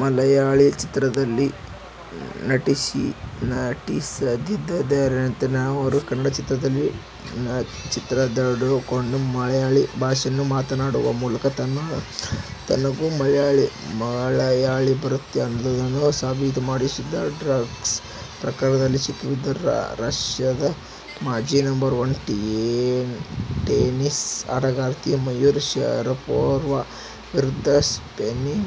ಮಲಯಾಳಿ ಚಿತ್ರದಲ್ಲಿ ನಟಿಸದಿದ್ದರೇನಂತೆ, ಅವರು ಕನ್ನಡ ಚಿತ್ರದಲ್ಲಿದ್ದುಕೊಂಡೇ ಮಲಯಾಳಿ ಭಾಷೆಯನ್ನು ಮಾತಾಡುವ ಮೂಲಕ ತನಗೂ ಮಲಯಾಳಿ ಬರುತ್ತೆ ಅನ್ನೋದನ್ನು ಸಾಬೀತುಪಡಿಸಿದ್ದಾರೆ. ಡ್ರಗ್ಸ್ ಪ್ರಕರಣದಲ್ಲಿ ಸಿಕ್ಕಿಬಿದ್ದಿರುವ ರಶ್ಯದ ಮಾಜಿ ನಂಬರ್ ಒನ್ ಟೆನಿಸ್ ಆಟಗಾರ್ತಿ ಮರಿಯಾ ಶರಪೋವಾ ವಿರುದ್ಧ ಸ್ಪೇನಿನ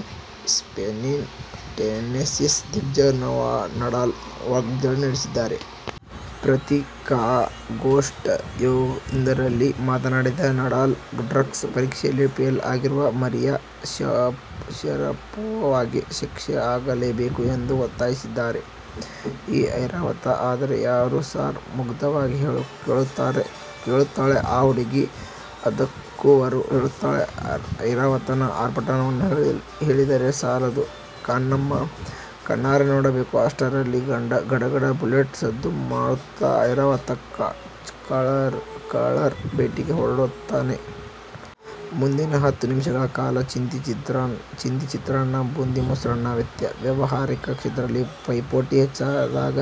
ಟೆನಿಸ್ ದಿಗ್ಗಜ ನಡಾಲ್ ವಾಗ್ಧಾಳಿ ನಡೆಸಿದ್ದಾರೆ. ಪತ್ರಿಕಾಗೋಷ್ಠಿಯೊಂದರಲ್ಲಿ ಮಾತನಾಡಿದ ನಡಾಲ್, ಡ್ರಗ್ಸ್ ಪರೀಕ್ಷೆಯಲ್ಲಿ ಫೇಲ್ ಆಗಿರುವ ಮರಿಯಾ ಶರಪೋವಾಗೆ ಶಿಕ್ಷೆ ಆಗಲೇಬೇಕು ಎಂದು ಒತ್ತಾಯಿಸಿದ್ದಾರೆ. ಈ ಐರಾವತ ಅಂದ್ರೆ ಯಾರು ಸಾರ್ ಮುಗ್ಧವಾಗಿ ಕೇಳುತ್ತಾಳೆ ಆ ಹುಡುಗಿ. ಅದಕ್ಕವರು ಹೇಳುತ್ತಾರೆ. ಐರಾವತನ ಆರ್ಭಟವನ್ನ ಹೇಳಿದರೆ ಸಾಲದು ಕಣಮ್ಮ. ಕಣ್ಣಾರೆ ನೋಡಬೇಕು ಅಷ್ಟರಲ್ಲಿ ಗಡಗಡ ಬುಲೆಟ್ ಸದ್ದು ಮಾಡುತ್ತಾ ಐರಾವತ ಖಳರ ಬೇಟೆಗೆ ಹೊರಡುತ್ತಾನೆ. ಮುಂದಿನ ಹತ್ತು ನಿಮಿಷಗಳ ಕಾಲ ಚಿಂದಿ ಚಿತ್ರಾನ್ನ, ಬೂಂದಿ ಮೊಸರನ್ನ. ವ್ಯಾವಹಾರಿಕ ಕ್ಷೇತ್ರದಲ್ಲಿ ಪೈಪೋಟಿ ಹೆಚ್ಚಾದಾಗ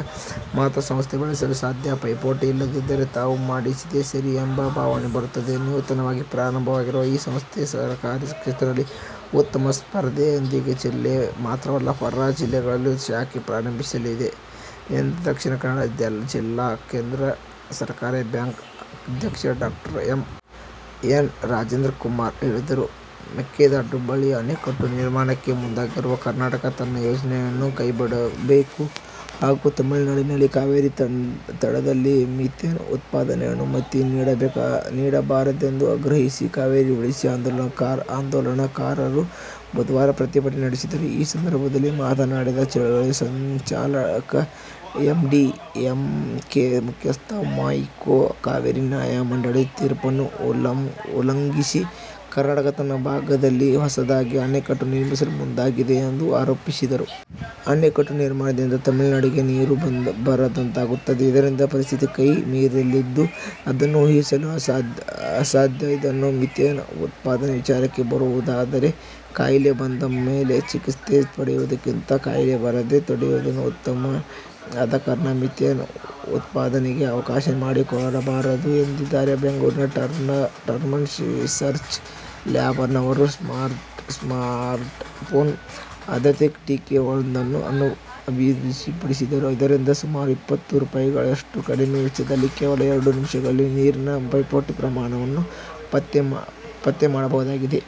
ಮಾತ್ರ ಸಂಸ್ಥೆ ಬೆಳೆಯಲು ಸಾಧ್ಯ. ಪೈಪೋಟಿ ಇಲ್ಲದಿದ್ದರೆ ತಾವು ಮಾಡಿದ್ದೇ ಸರಿ ಎಂಬ ಭಾವನೆ ಬರುತ್ತದೆ. ನೂತನವಾಗಿ ಪ್ರಾರಂಭವಾಗಿರುವ ಈ ಸಂಸ್ಥೆ ಸಹಕಾರಿ ಕ್ಷೇತ್ರದಲ್ಲಿ ಉತ್ತಮ ಸ್ಪರ್ಧೆಯೊಂದಿಗೆ ಜಿಲ್ಲೆ ಮಾತ್ರವಲ್ಲ ಹೊರ ಜಿಲ್ಲೆಗಳಲ್ಲೂ ಶಾಖೆ ಪ್ರಾರಂಭಿಸಲಿ ಎಂದು ದಕ್ಷಿಣ ಕನ್ನಡ ಜಿಲ್ಲಾ ಕೇಂದ್ರ ಸಹಕಾರಿ ಬ್ಯಾಂಕ್ನ ಅಧ್ಯಕ್ಷ ಡಾ ಎಂ. ಎನ್. ರಾಜೇಂದ್ರ ಕುಮಾರ್ ಹೇಳಿದರು. ಮೇಕೆದಾಟು ಬಳಿ ಅಣೆಕಟ್ಟು ನಿರ್ಮಾಣಕ್ಕೆ ಮುಂದಾಗಿರುವ ಕರ್ನಾಟಕ ತನ್ನ ಯೋಜನೆಯನ್ನು ಕೈ ಬಿಡಬೇಕು ಹಾಗೂ ತಮಿಳುನಾಡಿನಲ್ಲಿ ಕಾವೇರಿ ತಟದಲ್ಲಿ ಮಿಥೇನ್ ಉತ್ಪಾದನೆಗೆ ಅನುಮತಿ ನೀಡಬಾರದೆಂದು ಆಗ್ರಹಿಸಿ ಕಾವೇರಿ ಉಳಿಸಿ ಆಂದೋಲನಕಾರರು ಬುಧವಾರ ಪ್ರತಿಭಟನೆ ನಡೆಸಿದರು. ಈ ಸಂದರ್ಭದಲ್ಲಿ ಮಾತನಾಡಿದ ಚಳವಳಿಯ ಸಂಚಾಲಕ, ಎಂಡಿಎಂಕೆ ಮುಖ್ಯಸ್ಥ ವೈಕೋ, ಕಾವೇರಿ ನ್ಯಾಯಮಂಡಳಿ ತೀರ್ಪನ್ನು ಉಲ್ಲಂ ಸಿ ಕರ್ನಾಟಕ ತನ್ನ ಭಾಗದಲ್ಲಿ ಹೊಸದಾಗಿ ಅಣೆಕಟ್ಟು ನಿರ್ಮಿಸಲು ಮುಂದಾಗಿದೆ ಎಂದು ಆರೋಪಿಸಿದರು. ಅಣೆಕಟ್ಟು ನಿರ್ಮಾಣದಿಂದ ತಮಿಳುನಾಡಿಗೆ ನೀರು ಬರದಂತಾಗುತ್ತದೆ. ಇದರಿಂದ ಪರಿಸ್ಥಿತಿ ಕೈ ಮೀರಲಿದ್ದು, ಅದನ್ನು ಊಹಿಸಲು ಅಸಾಧ್ಯ. ಇದನ್ನು ಮಿಥೇನ್ ಉತ್ಪಾದನೆ ವಿಚಾರಕ್ಕೆ ಬರುವುದಾದರೆ, ಕಾಯಿಲೆ ಬಂದ ಮೇಲೆ ಚಿಕಿತ್ಸೆ ಪಡೆಯುವುದಕ್ಕಿಂತ ಕಾಯಿಲೆ ಬರದಂತೆ ತಡೆಯುವುದು ಉತ್ತಮ. ಆದಕಾರಣ ಮಿಥೇನ್ ಉತ್ಪಾದನೆಗೆ ಅವಕಾಶ ಮಾಡಿಕೊಡಬಾರದು ಎಂದಿದ್ದಾರೆ. ಬೆಂಗಳೂರಿನ ಟರ್ನಪ್ ರಿಸರ್ಚ್ ಲ್ಯಾಬ್ಸ್ ನವರು ಸ್ಮಾರ್ಟ್ ಫೋನ್ ಆಧರಿತ ಕಿಟ್ ವೊಂದನ್ನು ಅಭಿವೃದ್ಧಿಪಡಿಸಿದ್ದು, ಇದರಿಂದ ಸುಮಾರು ಇಪ್ಪತ್ತು ರೂಪಾಯಿಗಳಷ್ಟು ಕಡಿಮೆ ವೆಚ್ಚದಲ್ಲಿ, ಕೇವಲ ಎರಡು ನಿಮಿಷಗಳಲ್ಲಿ ನೀರಲ್ಲಿನ ಫ್ಲೊರೈಡ್ ಪ್ರಮಾಣವನ್ನು ಪತ್ತೆ ಮಾಡಬಹುದಾಗಿದೆ.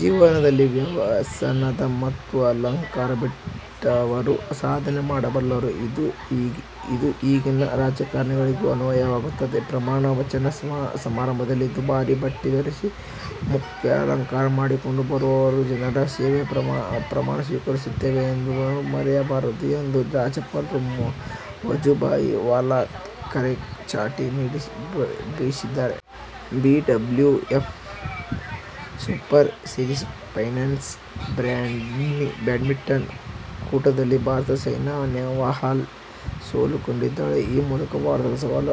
ಜೀವನದಲ್ಲಿ ವ್ಯಸನ ಮತ್ತು ಅಲಂಕಾರ ಬಿಟ್ಟವರು ಸಾಧನೆ ಮಾಡಬಲ್ಲರು. ಇದು ಈಗಿನ ರಾಜಕಾರಣಿಗಳಿಗೂ ಅನ್ವಯ ಆಗುತ್ತದೆ. ಪ್ರಮಾಣ ವಚನ ಸಮಾರಂಭಗಳಿಗೆ ದುಬಾರಿ ಬಟ್ಟೆ ಧರಿಸಿ ಮುಖಾಲಂಕಾರ ಮಾಡಿಕೊಂಡು ಬರುವವರು ಜನರ ಸೇವೆಯ ಪ್ರಮಾಣ ಸ್ವೀಕರಿಸುತ್ತಿದ್ದೇವೆ ಎಂಬುದನ್ನು ಮರೆಯಬಾರದು ಎಂದು ರಾಜ್ಯಪಾಲ ವಜುಭಾಯಿ ವಾಲಾ ಕರೆ ಚಾಟಿ ಬೀಸಿದ್ದಾರೆ. BWF super series finals badminton ಕೂಟದಲ್ಲಿ ಭಾರತದ ಸೈನಾ ನೆಹ್ವಾಲ್ ಸೋಲು ಕಂಡಿದ್ದಾರೆ. ಈ ಮೂಲಕ ಭಾರತದ ಸವಾಲು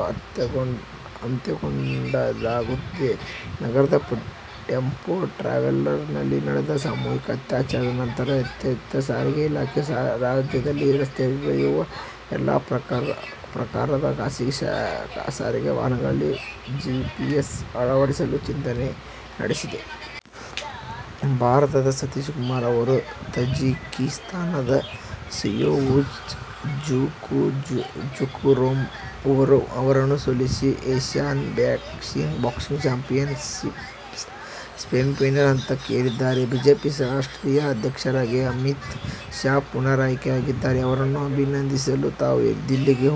ಅಂತ್ಯಗೊಂಡಂತಾಗಿದೆ. ನಗರದ ಟೆಂಪೋ ಟ್ರಾವೆಲರ್ ನಲ್ಲಿ ನಡೆದ ಸಾಮೂಹಿಕ ಅತ್ಯಾಚಾರದ ನಂತರ ಎಚ್ಚೆತ್ತ ಸಾರಿಗೆ ಇಲಾಖೆ, ರಾಜ್ಯದಲ್ಲಿ ರಸ್ತೆಗಿಳಿಯುವ ಎಲ್ಲ ಪ್ರಕಾರದ ಖಾಸಗಿ ಸಾರಿಗೆ ವಾಹನಗಳಲ್ಲಿ ಜಿಪಿಎಸ್ ಅಳವಡಿಸಲು ಚಿಂತನೆ ನಡೆಸಿದೆ. ಭಾರತದ ಸತೀಶ್ ಕುಮಾರ್ ಅವರು ತಜಿಕಿಸ್ಥಾನದ ಸಿಯೊವುಶ್ ಜುಖುರೋವ್ ಅವರನ್ನು ಸೋಲಿಸಿ ಏಶ್ಯನ್ ಬಾಕ್ಸಿಂಗ್ ಚಾಂಪಿಯನ್ಶಿಪ್ನ ಸೆಮಿಫೈನಲ್ ಹಂತಕ್ಕೇರಿದ್ದಾರೆ. ಬಿಜೆಪಿ ರಾಷ್ಟ್ರೀಯ ಅಧ್ಯಕ್ಷರಾಗಿ ಅಮಿತ್ ಶಾ ಪುನರಾಯ್ಕೆಯಾಗಿದ್ದಾರೆ. ಅವರನ್ನು ಅಭಿನಂದಿಸಲು ತಾವೂ ದಿಲ್ಲಿಗೆ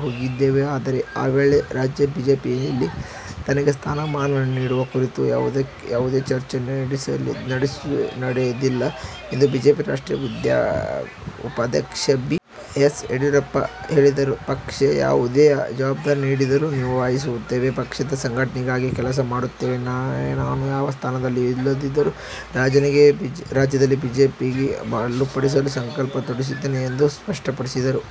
ಹೋಗಿದ್ದೆವು. ಆದರೆ ಈ ವೇಳೆ ರಾಜ್ಯ ಬಿಜೆಪಿಯಲ್ಲಿ ತನಗೆ ಸ್ಥಾನ ಮಾನ ನೀಡುವ ಕುರಿತು ಯಾವುದೇ ಚರ್ಚೆ ನಡೆದಿಲ್ಲ ಎಂದು ಬಿಜೆಪಿ ರಾಷ್ಟ್ರೀಯ ಉಪಾಧ್ಯಕ್ಷ ಬಿ. ಎಸ್. ಯಡಿಯೂರಪ್ಪ ಹೇಳಿದರು. ಪಕ್ಷ ಯಾವುದೇ ಜವಾಬ್ದಾರಿ ನೀಡಿದರೂ ನಿಭಾಯಿಸುವೆ. ಪಕ್ಷದ ಸಂಘಟನೆಗಾಗಿ ಕೆಲಸ ಮಾಡುತ್ತೇನೆ. ಯಾವ ಸ್ಥಾನಮಾನ ಇಲ್ಲದಿದ್ದರೂ ರಾಜ್ಯದಲ್ಲಿ ಬಿಜೆಪಿ ಬಲಪಡಿಸಲು ಸಂಕಲ್ಪ ತೊಟ್ಟಿದ್ದೇನೆ ಎಂದು ಸ್ಪಷ್ಟಪಡಿಸಿದರು.